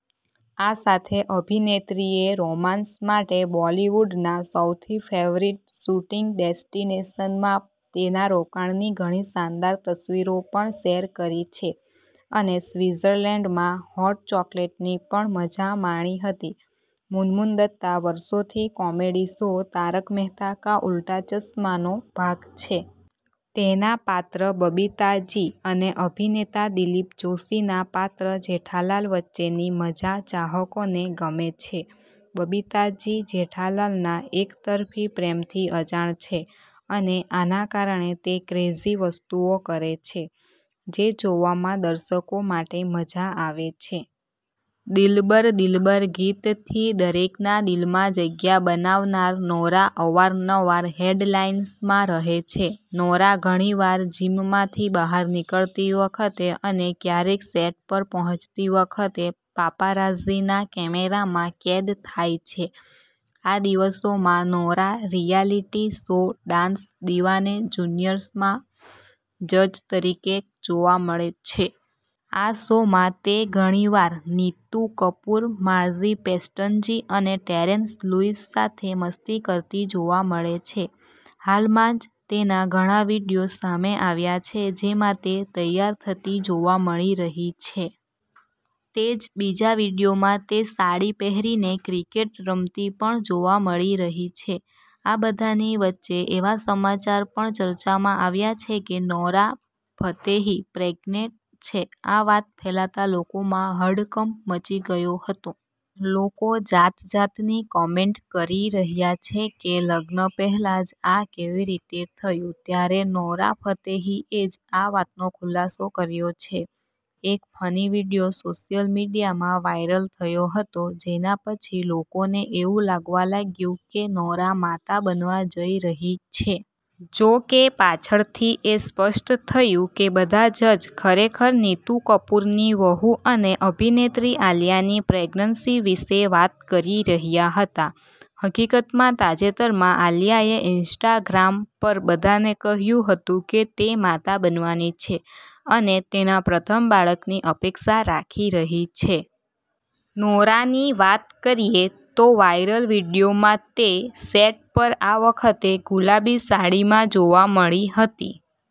આ સાથે અભિનેત્રીએ રોમાન્સ માટે બોલિવૂડના સૌથી ફેવરિટ શૂટિંગ ડેસ્ટિનેશનમાં તેના રોકાણની ઘણી શાનદાર તસવીરો પણ શેર કરી છે. અને સ્વિત્ઝર્લેન્ડમાં હોટ ચોકલેટની પણ મજા માણી હતી. મુનમુન દત્તા વર્ષોથી કોમેડી શો 'તારક મહેતા કા ઉલ્ટા ચશ્મા'નો ભાગ છે. તેના પાત્ર બબીતા જી અને અભિનેતા દિલીપ જોશીના પાત્ર જેઠાલાલ વચ્ચેની મજા ચાહકોને ગમે છે. બબીતા જી જેઠાલાલના એકતરફી પ્રેમથી અજાણ છે અને આના કારણે તે ક્રેઝી વસ્તુઓ કરે છે, જે જોવામાં દર્શકો માટે મજા આવે છે. દિલબર દિલબર ગીતથી દરેકના દિલમાં જગ્યા બનાવનાર નોરા અવારનવાર હેડલાઈન્સમાં રહે છે. નોરા ઘણીવાર જીમમાંથી બહાર નીકળતી વખતે અને ક્યારેક સેટ પર પહોંચતી વખતે પાપારાઝીના કેમેરામાં કેદ થાય છે. આ દિવસોમાં Nora reality show dance Deewane જુનિયર્સમાં જજ તરીકે જોવા મળે છે. આ શોમાં તે ઘણીવાર નીતુ કપૂર, માર્ઝી પેસ્ટનજી અને ટેરેન્સ લુઈસ સાથે મસ્તી કરતી જોવા મળે છે. હાલમાં જ તેના ઘણા વીડિયો સામે આવ્યા છે જેમાં તે તૈયાર થતી જોવા મળી રહી છે. તે જ બીજા વીડિયોમાં તે સાડી પહેરીને ક્રિકેટ રમતી પણ જોવા મળી રહી છે. આ બધાની વચ્ચે એવા સમાચાર પણ ચર્ચામાં આવ્યા છે કે નોરા ફતેહી પ્રેગ્નેન્ટ છે. આ વાત ફેલાતા લોકોમાં હડકંપ મચી ગયો હતો. લોકો જાત જાતની કોમેન્ટ કરી રહ્યા છે, કે લગ્ન પહેલા જ આ કેવી રીતે થયું? ત્યારે નોરા ફતેહીએ જ આ વાતનો ખુલાસો કર્યો છે. એક ફની વિડીયો સોશિયલ મીડિયામાં વાયરલ થયો હતો, જેના પછી લોકોને એવું લાગવા લાગ્યું કે નોરા માતા બનવા જઈ રહી છે. જોકે, પાછળથી એ સ્પષ્ટ થયું કે બધા જજ ખરેખર નીતુ કપૂરની વહુ અને અભિનેત્રી આલિયાની પ્રેગ્નન્સી વિશે વાત કરી રહ્યા હતા. હકીકતમાં, તાજેતરમાં આલિયાએ ઇન્સ્ટાગ્રામ પર બધાને કહ્યું હતું કે તે માતા બનવાની છે અને તેના પ્રથમ બાળકની અપેક્ષા રાખી રહી છે. નોરાની વાત કરીએ તો વાયરલ વિડીયોમાં તે સેટ પર આ વખતે ગુલાબી સાડીમાં જોવા મળી હતી.